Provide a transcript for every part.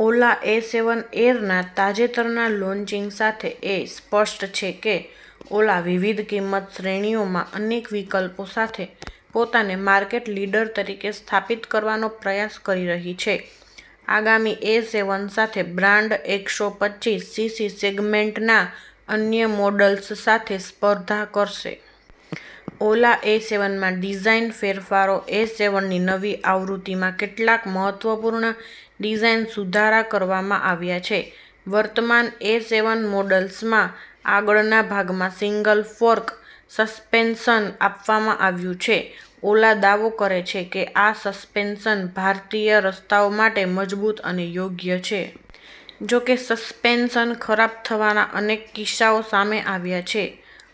ઓલા S one એરના તાજેતરના launching સાથે, એ સ્પષ્ટ છે કે ઓલા વિવિધ કિંમત શ્રેણીઓમાં અનેક વિકલ્પો સાથે પોતાને માર્કેટ લીડર તરીકે સ્થાપિત કરવાનો પ્રયાસ કરી રહી છે. આગામી એસવન સાથે, બ્રાન્ડ એકસો પચ્ચીસ સીસી સેગમેન્ટના અન્ય મોડલ્સ સાથે સ્પર્ધા કરશે. ઓલા એસવનમાં ડિઝાઇન ફેરફારો એસવનની નવી આવૃત્તિમાં કેટલાક મહત્વપૂર્ણ ડિઝાઇન સુધારા કરવામાં આવ્યા છે. વર્તમાન એસવન મોડલ્સમાં આગળના ભાગમાં સિંગલ-ફોર્ક સસ્પેન્શન આપવામાં આવ્યું છે. ઓલા દાવો કરે છે કે આ સસ્પેન્શન ભારતીય રસ્તાઓ માટે મજબૂત અને યોગ્ય છે. જોકે, સસ્પેન્શન ખરાબ થવાના અનેક કિસ્સાઓ સામે આવ્યા છે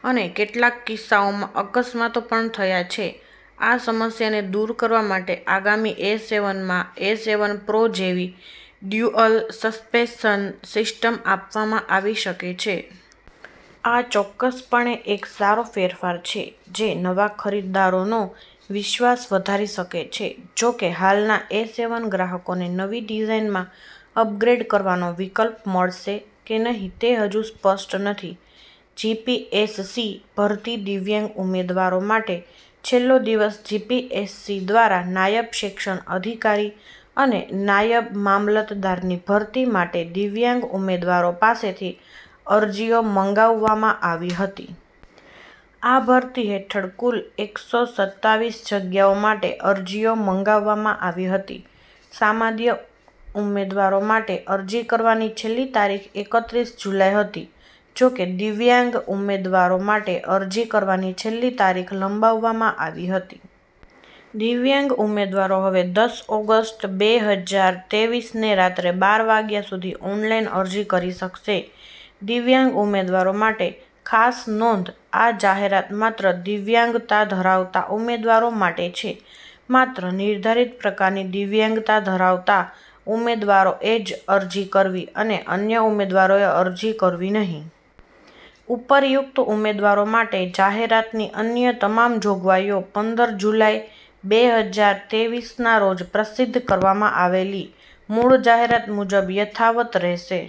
અને કેટલાક કિસ્સાઓમાં અકસ્માતો પણ થયા છે. આ સમસ્યાને દૂર કરવા માટે આગામી એસવનમાં એસવન પ્રો જેવી ડ્યુઅલ સસ્પેન્શન સિસ્ટમ આપવામાં આવી શકે છે. આ ચોક્કસપણે એક સારો ફેરફાર છે, જે નવા ખરીદદારોનો વિશ્વાસ વધારી શકે છે. જોકે, હાલના એસવન ગ્રાહકોને નવી ડિઝાઇનમાં અપગ્રેડ કરવાનો વિકલ્પ મળશે કે નહીં તે હજુ સ્પષ્ટ નથી. જીપીએસસી ભરતી: દિવ્યાંગ ઉમેદવારો માટે છેલ્લો દિવસ જીપીએસસી દ્વારા નાયબ સેક્શન અધિકારી અને નાયબ મામલતદારની ભરતી માટે દિવ્યાંગ ઉમેદવારો પાસેથી અરજીઓ મંગાવવામાં આવી હતી. આ ભરતી હેઠળ કુલ એકસો સત્તાવીસ જગ્યાઓ માટે અરજીઓ મંગાવવામાં આવી હતી. સામાન્ય ઉમેદવારો માટે અરજી કરવાની છેલ્લી તારીખ એકત્રીસ જુલાઈ હતી. જોકે, દિવ્યાંગ ઉમેદવારો માટે અરજી કરવાની છેલ્લી તારીખ લંબાવવામાં આવી હતી. દિવ્યાંગ ઉમેદવારો હવે દસ ઓગસ્ટ બે હજાર તેવીસની રાત્રે બાર વાગ્યા સુધી ઓનલાઈન અરજી કરી શકશે. દિવ્યાંગ ઉમેદવારો માટે ખાસ નોંધ આ જાહેરાત માત્ર દિવ્યાંગતા ધરાવતા ઉમેદવારો માટે છે. માત્ર નિર્ધારિત પ્રકારની દિવ્યાંગતા ધરાવતા ઉમેદવારોએ જ અરજી કરવી અને અન્ય ઉમેદવારોએ અરજી કરવી નહીં. ઉપર્યુક્ત ઉમેદવારો માટે જાહેરાતની અન્ય તમામ જોગવાઈઓ પંદર જુલાઈ બે હજાર તેવીસના રોજ પ્રસિદ્ધ કરવામાં આવેલી મૂળ જાહેરાત મુજબ યથાવત રહેશે.